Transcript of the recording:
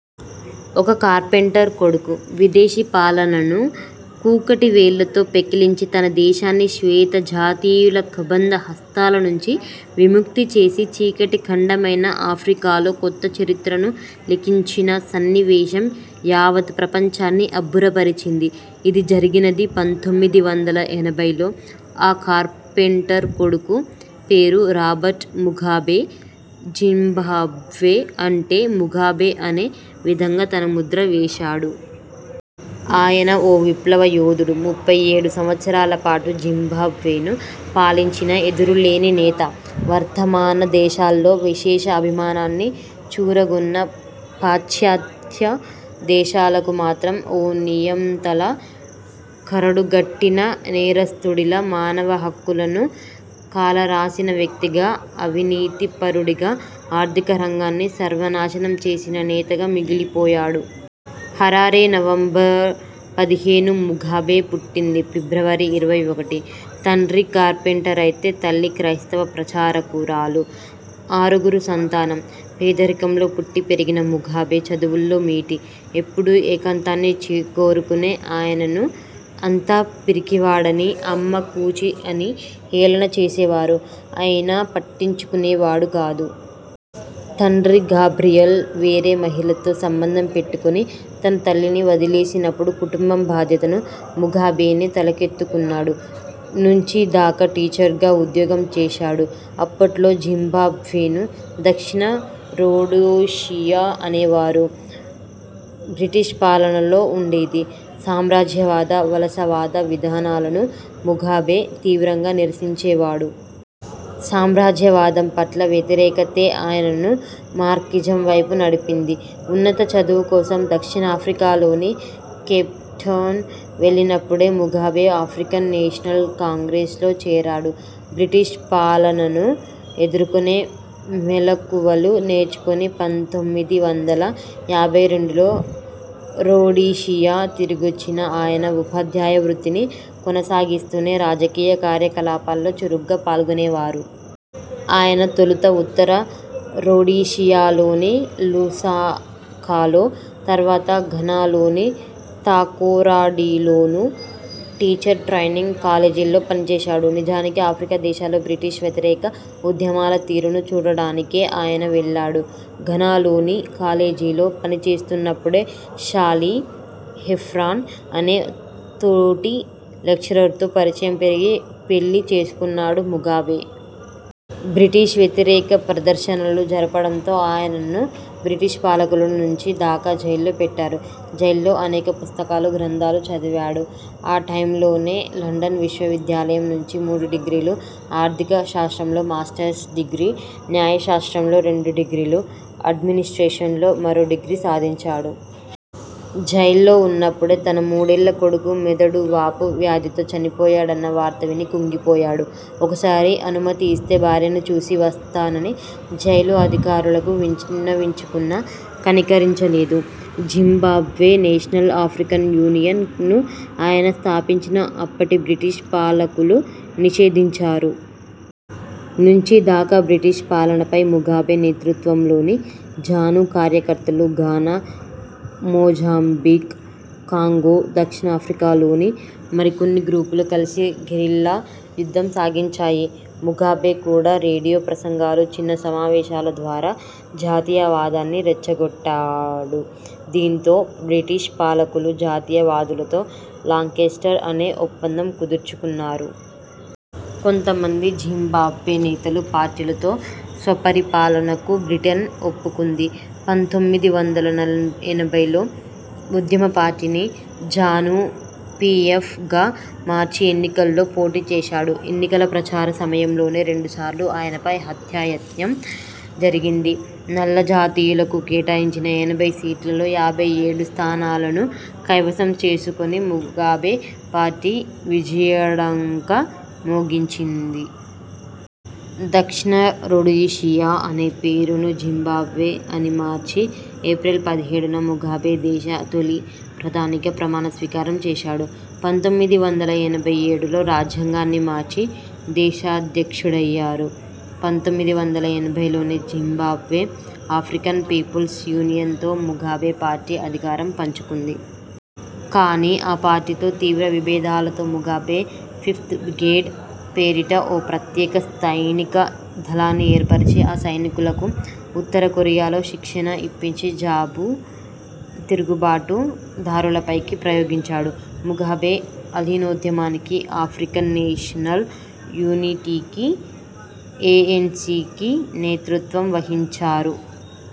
ఒక కార్పెంటర్ కొడుకు.. విదేశీ పాలనను కూకటి వేళ్ళతో పెకలించి, తన దేశాన్ని శ్వేత జాతీయుల కబంధ హస్తాల నుంచి విముక్తి చేసి, చీకటి ఖండమైన ఆఫ్రికాలో కొత్త చరిత్రను లిఖించిన సన్నివేశం యావత్ ప్రపంచాన్నీ అబ్బుర పరిచింది. ఇది జరిగినది పంతొమ్మిది వందల ఎనభైలో, ఆ కార్పెంటర్ కొడుకు పేరు రాబర్ట్ ముకాబే, జింబాంబ్వే అంటే ముగాబే అనే విధంగా తన ముద్ర వేశాడు. ఆయన ఓ విప్లవ యోధుడు. ముప్పై ఏడు సంవత్సరాల పాటు జింబాబ్వేను పాలించిన ఎదురులేని నేత. వర్థమాన దేశాల్లో విశేష అభిమానాన్ని చూరగొన్నా పాశ్చాత్య దేశాలకు మాత్రం ఓ నియంతలా, కరడుగట్టిన నేరస్తుడిలా, మానవ హక్కులను కాలరాసిన వ్యక్తిగా, అవినీతి పరుడిగా, ఆర్థిక రంగాన్ని సర్వనాశనం చేసిన నేతగా మిగిలిపోయాడు. హరారే, నవంబర్ పదిహేను ముకాబే పుట్టింది ఫిబ్రవరి ఇరవై ఒకటి. తండ్రి కార్పెంటరైతే తల్లి క్రైస్తవ ప్రచారకురాలు. ఆరుగురు సంతానం. పేదరికంలో పుట్టి పెరిగిన ముకాబే చదువుల్లో మేటి. ఎప్పుడూ ఏకాంతాన్నిచ్చే కోరుకునే ఆయనను అంతా పిరికివాడని, అమ్మ కూచి అని హేళన చేసేవారు. అయినా పట్టించుకునే వాడు కాదు. తండ్రి గాబ్రియల్ వేరే మహిళతో సంబంధం పెట్టుకొని తన తల్లిని వదిలేసినపుడు కుటుంబం బాధ్యతను ముకాబేనే తలకెత్తుకున్నాడు. నుంచి దాకా టీచర్గా ఉద్యోగం చేశాడు. అప్పట్లో జింబాబ్వేను దక్షిణ రొడోషియా అనేవారు. బ్రిటిష్ పాలనలో ఉండేది. సామ్రాజ్యవాద, వలస వాద విధానాలను ముగాబే తీవ్రంగా నిరసించేవాడు. సామ్రాజ్యవాదం పట్ల వ్యతిరేకతే ఆయనను మార్క్సిజం వైపు నడిపింది. ఉన్నత చదువు కోసం దక్షిణాఫ్రికాలోని కేప్టాన్ వెళ్ళినప్పుడే ముకాబే ఆఫ్రికన్ నేషనల్ కాంగ్రెస్ లో చేరాడు. బ్రిటిష్ పాలనను ఎదుర్కొనే మెళకువలు నేర్చుకుని పంతొమ్మిది వందల యాభై రెండులో రొడీషియా తిరిగొచ్చిన ఆయన ఉపాధ్యాయ వృత్తిని కొనసాగిస్తూనే రాజకీయ కార్యకలాపాల్లో చురుగ్గా పాల్గొనేవారు. ఆయన తొలుత ఉత్తర రొడీషియాలోని లుసాకాలో, తర్వాత ఘనాలోని తాకొరాడిలోనూ టీచర్ ట్రైనింగ్ కాలేజీల్లో పనిచేశాడు. నిజానికి ఆఫ్రికా దేశాల్లో బ్రిటిష్ వ్యతిరేక ఉద్యమాల తీరును చూడడానికే ఆయన వెళ్ళాడు. ఘనా లోని కాలేజీలో పని చేస్తున్నపుడే శాలీ హేఫ్రాన్ అనే తోటి లెక్చరర్తో పరిచయం పెరిగి పెళ్లి చేసుకున్నాడు ముగాబే. బ్రిటిష్ వ్యతిరేక ప్రదర్శనలు జరపడంతో ఆయనను బ్రిటిష్ పాలకులు నుంచి దాకా జైల్లో పెట్టారు. జైల్లో అనేక పుస్తకాలు, గ్రంథాలు చదివాడు. ఆ టైమ్లోనే లండన్ విశ్వవిద్యాలయం నుంచి మూడు డిగ్రీలు, ఆర్థిక శాస్త్రంలో మాస్టర్స్ డిగ్రీ, న్యాయశాస్త్రంలో రెండు డిగ్రీలు, అడ్మినిస్ట్రేషన్లో మరో డిగ్రీ సాధించాడు. జైల్లో ఉన్నపుడే తన మూడేళ్ళ కొడుకు మెదడు వాపు వ్యాధితో చనిపోయాడన్న వార్త విని కుంగిపోయాడు. ఒకసారి అనుమతి ఇస్తే భార్యను చూసి వస్తానని జైలు అధికారులకు వించు విన్నవించుకున్నా కనికరించలేదు. జింబాబ్వే నేషనల్ ఆఫ్రికన్ యూనియన్ ను ఆయన స్థాపించినా అప్పటి బ్రిటిష్ పాలకులు నిషేధించారు. నుంచి దాకా బ్రిటిష్ పాలనపై ముగాబే నేతృత్వంలోని జాను కార్యకర్తలు, ఘనా, మొజాంబిక్, కాంగో, దక్షిణాఫ్రికాలోని మరికొన్ని గ్రూపులు కలిసి గెరిల్లా యుద్ధం సాగించాయి. ముకాబే కూడా రేడియో ప్రసంగాలు, చిన్న సమావేశాల ద్వారా జాతీయవాదాన్ని రెచ్చగొట్టాడు. దీంతో బ్రిటిష్ పాలకులు జాతీయ వాదులతో లాంకెస్టర్ అనే ఒప్పందం కుదుర్చుకున్నారు. కొంతమంది జింబాబ్వే నేతలు, పార్టీలతో స్వపరిపాలనకు బ్రిటన్ ఒప్పుకుంది. పంతొమ్మిది వందల నల్ ఎనభైలో ఉద్యమ పార్టీని ''జాను-పిఎఫ్'' గా మార్చి ఎన్నికల్లో పోటీచేశాడు. ఎన్నికల ప్రచార సమయంలోనే రెండుసార్లు ఆయనపై హత్యాయత్నం జరిగింది. నల్ల జాతీయులకు కేటాయించిన ఎనభై సీట్లలో యాభై ఏడు స్థానాలను కైవసం చేసుకుని ముగాబే పార్టీ విజయఢంకా మోగించింది. దక్షిణ రొడీషియా అనే పేరును జింబాబ్వే అని మార్చి ఏప్రిల్ పదిహేడున ముగాబే దేశ తొలి ప్రధానిగా ప్రమాణ స్వీకారం చేశాడు. పంతొమ్మిది వందల ఎనభై ఏడులో రాజ్యాంగాన్ని మార్చి దేశాధ్యక్షుడయ్యారు. పంతొమ్మిది వందల ఎనభైలోనే జింబాబ్వే ఆఫ్రికన్ పీపుల్స్ యూనియన్ తో ముగాబే పార్టీ అధికారం పంచుకుంది. కానీ ఆ పార్టీతో తీవ్ర విభేదాలతో ముగాబే ఫిఫ్త్ బీగేడ్ పేరిట ఓ ప్రత్యేక స్థైనిక దళాన్ని ఏర్పరచి, ఆ సైనికులకు ఉత్తర కొరియాలో శిక్షణ ఇప్పించి జాపు తిరుగుబాటు దారులపైకి ప్రయోగించాడు. ముగాబే అలీనోద్యమానికి, ఆఫ్రికన్ నేషనల్ యూనిటీకి, ఏఎన్సీకి నేతృత్వం వహించారు.